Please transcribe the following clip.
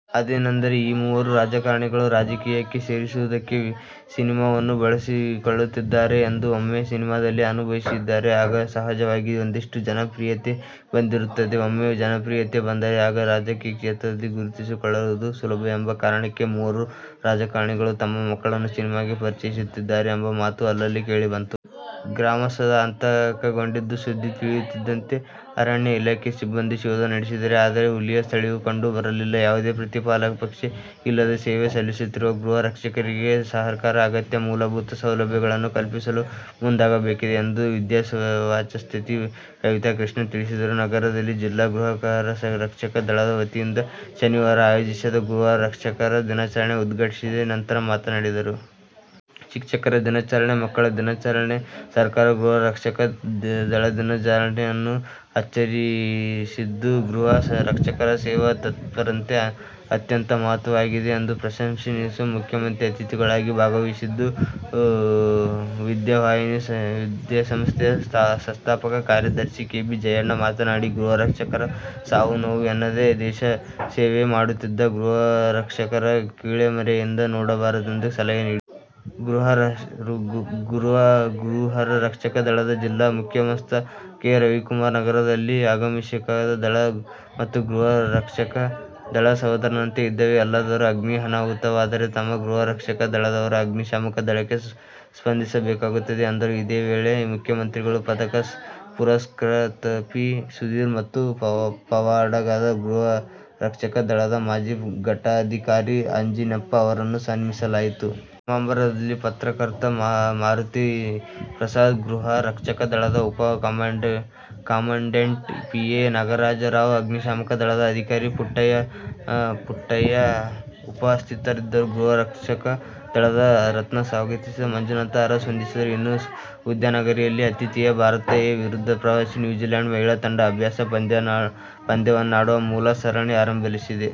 ಅದೇನೆಂದರೆ, ಈ ಮೂವರೂ ರಾಜಕಾರಣಿಗಳು, ರಾಜಕೀಯಕ್ಕೆ ಸೇರಿಸುವುದಕ್ಕೆ ಸಿನಿಮಾವನ್ನು ಬಳಸಿಕೊಳ್ಳುತ್ತಿದ್ದಾರೆ ಎಂದು. ಒಮ್ಮೆ ಸಿನಿಮಾದಲ್ಲಿ ಅಭಿನಯಿಸಿದರೆ, ಆಗ ಸಹಜವಾಗಿಯೇ ಒಂದಿಷ್ಟು ಜನಪ್ರಿಯತೆ ಬಂದಿರುತ್ತದೆ. ಒಮ್ಮೆ ಜನಪ್ರಿಯತೆ ಬಂದರೆ, ಆಗ ರಾಜಕೀಯ ಕ್ಷೇತ್ರದಲ್ಲಿ ಗುರುತಿಸಿಕೊಳ್ಳುವುದು ಸುಲಭ ಎಂಬ ಕಾರಣಕ್ಕೆ ಮೂವರು ರಾಜಕಾರಣಿಗಳು ತಮ್ಮ ಮಕ್ಕಳನ್ನು ಸಿನಿಮಾಗೆ ಪರಿಚಯಿಸುತ್ತಿದ್ದಾರೆ ಎಂಬ ಮಾತು ಅಲ್ಲಲ್ಲಿ ಕೇಳಿ ಬಂತು. ಗ್ರಾಮಸ್ಥರು ಆತಂಕಗೊಂಡಿದ್ದು, ಸುದ್ದಿ ತಿಳಿಯುತ್ತಿದ್ದಂತೆ ಅರಣ್ಯ ಇಲಾಖೆ ಸಿಬ್ಬಂದಿ ಶೋಧ ನಡೆಸಿದರು. ಆದರೆ ಹುಲಿಯ ಸುಳಿವು ಕಂಡು ಬರಲಿಲ್ಲ. ಯಾವುದೇ ಪ್ರತಿಫಲಾಪೇಕ್ಷೆ ಇಲ್ಲದೆ ಸೇವೆ ಸಲ್ಲಿಸುತ್ತಿರುವ ಗೃಹ ರಕ್ಷಕರಿಗೆ ಸರ್ಕಾರ ಅಗತ್ಯ ಮೂಲಭೂತ ಸೌಲಭ್ಯಗಳನ್ನು ಕಲ್ಪಿಸಲು ಮುಂದಾಗಬೇಕಿದೆ ಎಂದು ವಿದ್ಯಾವಾಚಸ್ಪತಿ ಕವಿತಾಕೃಷ್ಣ ತಿಳಿಸಿದರು. ನಗರದಲ್ಲಿ ಜಿಲ್ಲಾಗೃಹರಕ್ಷಕ ದಳದ ವತಿಯಿಂದ ಶನಿವಾರ ಆಯೋಜಿಸಿದ್ದ ಗೃಹ ರಕ್ಷಕರ ದಿನಾಚರಣೆ ಉದ್ಘಾಟಿಸಿ ಮಾತನಾಡಿದರು. ಶಿಕ್ಷಕರ ದಿನಾಚರಣೆ, ಮಕ್ಕಳ ದಿನಾಚರಣೆಯಂತೆ ಸರ್ಕಾರ ಗೃಹರಕ್ಷಕ ದಳದಿನಾಚರಣೆಯನ್ನು ಆಚರಿಸುತ್ತಿದ್ದು, ಗೃಹ ರಕ್ಷಕರ ಸೇವಾ ತತ್ಪರತೆ ಅತ್ಯಂತ ಮಹತ್ವದ್ದಾಗಿದೆ ಎಂದು ಪ್ರಶಂಸಿಸಿದರು. ಮುಖ್ಯಅತಿಥಿಗಳಾಗಿ ಭಾಗವಹಿಸಿದ್ದ ವಿದ್ಯಾವಾಹಿನಿ ವಿದ್ಯಾಸಂಸ್ಥೆಯ ಸಂಸ್ಥಾಪಕ ಕಾರ್ಯದರ್ಶಿ ಕೆ. ಬಿ. ಜಯಣ್ಣ ಮಾತನಾಡಿ, ಗೃಹ ರಕ್ಷಕರು ಸಾವು-ನೋವು ಎನ್ನದೇ ದೇಶ ಸೇವೆ ಮಾಡುತ್ತಿದ್ದು ಗೃಹರಕ್ಷಕರನ್ನು ಕೀಳರಿಮೆಯಿಂದ ನೋಡಬಾರದೆಂದು ಸಲಹೆ ನೀಡಿದರು. ಗೃಹರಕ್ಷಕ ದಳದ ಜಿಲ್ಲಾ ಮುಖ್ಯಸ್ಥ ಕೆ. ರವಿಕುಮಾರ್, ನಗರದಲ್ಲಿ ಅಗ್ನಿಶಾಮಕ ದಳ ಮತ್ತು ಗೃಹರಕ್ಷಕ ದಳ ಸೋದರರಂತೆ ಇದ್ದೇವೆ. ಎಲ್ಲಾದರೂ ಅಗ್ನಿ ಅನಾಹುತವಾದರೆ ನಮ್ಮ ಗೃಹರಕ್ಷಕ ದಳದವರು ಅಗ್ನಿಶಾಮಕ ದಳಕ್ಕೆ ಸ್ಪಂದಿಸಬೇಕಾಗುತ್ತದೆ ಎಂದರು. ಇದೇ ವೇಳೆ ಮುಖ್ಯಮಂತ್ರಿಗಳ ಪದಕ ಪುರಸ್ಕೃತ ಪಿ. ಸುಧೀರ್ ಮತ್ತು ಪಾವಗಡದ ಗೃಹರಕ್ಷಕ ದಳದ ಮಾಜಿ ಘಟಕಾಧಿಕಾರಿ ಆಂಜಿನಪ್ಪ ಅವರನ್ನು ಸನ್ಮಾನಿಸಲಾಯಿತು. ಸಮಾರಂಭದಲ್ಲಿ ಪತ್ರಕರ್ತ ಮಾರುತಿಪ್ರಸಾದ್, ಗೃಹರಕ್ಷಕ ದಳದ ಉಪ ಕಮಾಂಡೆಂಟ್ ಪಿ. ಎ. ನಾಗರಾಜರಾವ್, ಅಗ್ನಿಶಾಮಕ ದಳದ ಅಧಿಕಾರಿ ಪುಟ್ಟಯ್ಯ ಉಪಸ್ಥಿತರಿದ್ದರು. ಗೃಹರಕ್ಷಕ ದಳದ ರತ್ನ ಸ್ವಾಗತಿಸಿ, ಮಂಜುನಾಥ ಅರಸ್ ವಂದಿಸಿದರು. ಇಂದು ಉದ್ಯಾನನಗರಿಯಲ್ಲಿ ಆತಿಥೇಯ ಭಾರತ ಎ' ವಿರುದ್ಧ ಪ್ರವಾಸಿ ನ್ಯೂಜಿಲೆಂಡ್ ಮಹಿಳಾ ತಂಡ ಅಭ್ಯಾಸ ಪಂದ್ಯವನ್ನಾಡುವ ಮೂಲಕ ಸರಣಿ ಆರಂಭಿಸಲಿದೆ.